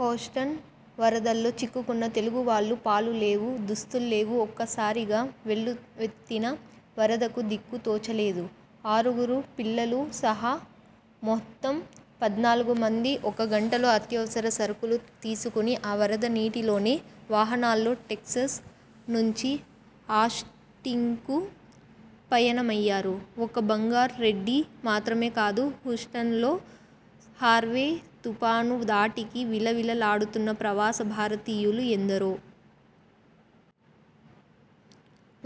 Houston వరదల్లో చిక్కుకున్న తెలుగు వాళ్లు పాలు లేవు, దుస్తుల్లేవు, ఒక్కసారిగా వెల్లువెత్తిన వరదకు దిక్కు తోచలేదు. ఆరుగురు పిల్లలు సహా మొత్తం పద్నాలుగు మంది ఒక్క గంటలో అత్యవసర సరుకులు తీసుకుని, ఆ వరద నీటిలోనే వాహనాల్లో టెక్సస్ నుంచి ఆస్టిన్కు పయనమయ్యారు. ఒక్క బంగార్ రెడ్డి మాత్రమే కాదు హూస్టన్లో హార్వే తుపాను ధాటికి విలవిల లాడుతున్న ప్రవాస భారతీయులు ఎందరో.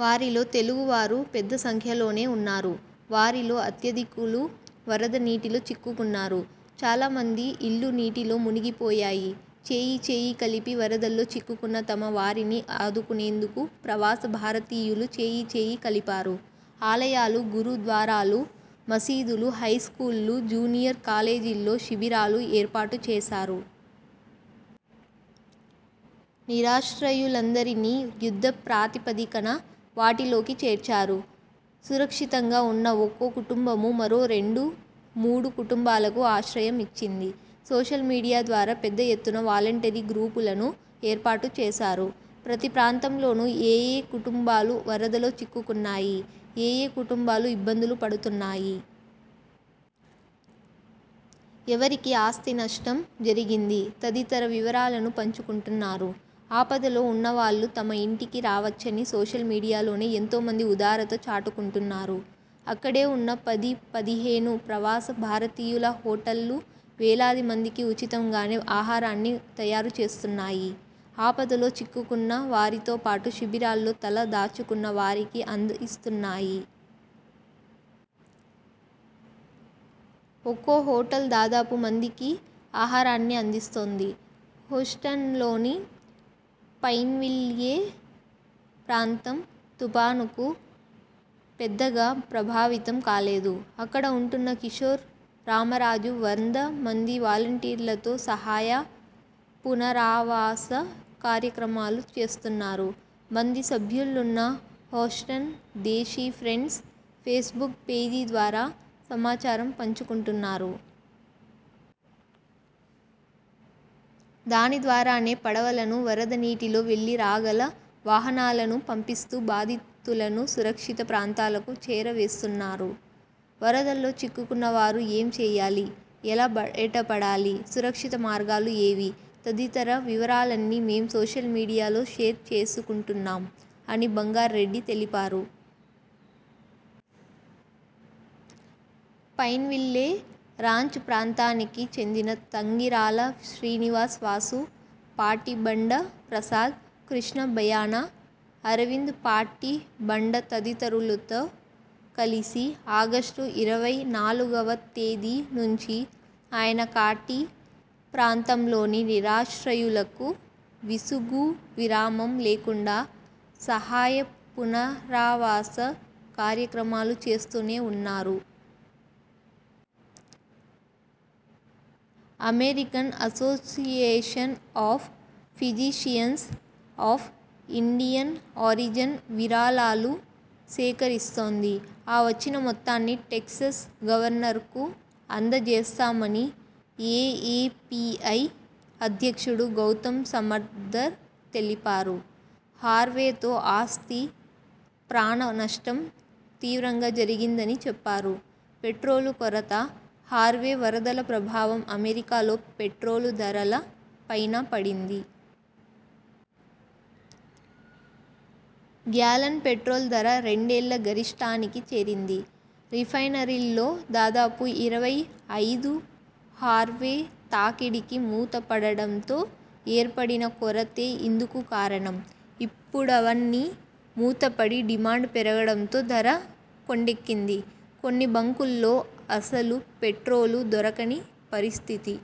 వారిలో తెలుగు వారూ పెద్ద సంఖ్యలోనే ఉన్నారు. వారిలో అత్యధికులు వరద నీటిలో చిక్కుకున్నారు. చాలా మంది ఇళ్లు నీటిలో మునిగి పోయాయి. చేయీ చేయీ కలిపి వరదల్లో చిక్కుకున్న తమ వారిని ఆదుకునేందుకు ప్రవాస భారతీయులు చేయి చేయి కలిపారు. ఆలయాలు, గురు ద్వారాలు, మసీదులు, హైస్కూళ్లు, జూనియర్ కాలేజీల్లో శిబిరాలు ఏర్పాటు చేశారు. నిరాశ్రయులందరినీ యుద్ధ ప్రాతిపదికన వాటిలోకి చేర్చారు. సురక్షితంగా ఉన్న ఒక్కో కుటుంబమూ మరో రెండు ,మూడు కుటుంబాలకు ఆశ్రయం ఇచ్చింది. సోషల్ మీడియా ద్వారా పెద్ద ఎత్తున వాలంటరీ గ్రూపులను ఏర్పాటు చేశారు. ప్రతి ప్రాంతంలోనూ ఏయే కుటుంబాలు వరదలో చిక్కుకున్నాయి? ఏయే కుటుంబాలు ఇబ్బందులు పడుతున్నాయి? ఎవరికి ఆస్తి నష్టం జరిగింది? తదితర వివరాలను పంచుకుంటున్నారు. ఆపదలో ఉన్నవాళ్లు తమ ఇంటికి రావచ్చని సోషల్ మీడియాలోనే ఎంతోమంది ఉదారత చాటుకుంటున్నారు. అక్కడే ఉన్న పది పదిహేను ప్రవాస భారతీయుల హోటళ్లు వేలాది మందికి ఉచితం గానే ఆహారాన్ని తయారు చేస్తున్నాయి. ఆపదలో చిక్కుకున్న వారితోపాటు శిబిరాల్లో తల దాచుకున్న వారికి అందిస్తున్నాయి. ఒక్కో హోటల్ దాదాపు మందికి ఆహారాన్ని అందిస్తోంది. హూస్టన్లోని పైన్విల్ల్యే ప్రాంతం తుపానుకు పెద్దగా ప్రభావితం కాలేదు. అక్కడ ఉంటున్న కిశోర్ రామరాజు వంద మంది వాలంటీర్లతో సహాయ పునరావాస కార్యక్రమాలు చేస్తున్నారు. మంది సభ్యులున్న Houston Desi Friends Facebook పేజీ ద్వారా సమాచారం పంచుకుంటున్నారు. దాని ద్వారానే పడవలను, వరద నీటిలో వెళ్లి రాగల వాహనాలను పంపిస్తూ బాధితులను సురక్షిత ప్రాంతాలకు చేరవేస్తున్నారు. వరదల్లో చిక్కుకున్న వారు ఏం చేయాలి? ఎలా బయటపడాలి? సురక్షిత మార్గాలు ఏవి? తదితర వివరాలన్నీ మేం సోషల్ మీడియాలో షేర్ చేసుకుంటున్నాం అని బంగార్ రెడ్డి తెలిపారు. పైన్విల్లే రాంచ్ ప్రాంతానికి చెందిన తంగిరాల శ్రీనివాస్ వాసు, పాటిబండ ప్రసాద్, కృష్ణ బయాన, అరవింద్ పాటి బండ తదితరులతో కలిసి ఆగస్టు ఇరవై నాలుగువ తేదీ నుంచి ఆయన కాటీ ప్రాంతంలోని నిరాశ్రయులకు విసుగూ విరామం లేకుండా సహాయ పునరావాస కార్యక్రమాలు చేస్తూనే ఉన్నారు. American Association of Physicians of Indian Origin విరాళాలు సేకరిస్తోంది. ఆ వచ్చిన మొత్తాన్ని టెక్సస్ గవర్నర్కు అంద జేస్తామని ఏఏపీఐ అధ్యక్షుడు గౌతమ్ సమద్దర్ తెలిపారు. హార్వేతో ఆస్తి, ప్రాణ నష్టం తీవ్రంగా జరిగిందని చెప్పారు. పెట్రోలు కొరత! హార్వే వరదల ప్రభావం అమెరికాలో పెట్రోలు ధరల పైనా పడింది. గ్యాలన్ పెట్రోల్ ధర రెండేళ్ల గరిష్ఠానికి చేరింది. రిఫైనరీల్లో దాదాపు ఇరవై ఐదు హార్వే తాకిడికి మూత పడడంతో ఏర్పడిన కొరతే ఇందుకు కారణం. ఇప్పుడవన్నీ మూతపడి డిమాండ్ పెరగడంతో ధర కొండెక్కింది. కొన్ని బంకుల్లో అసలు పెట్రోలు దొరకని పరిస్థితి.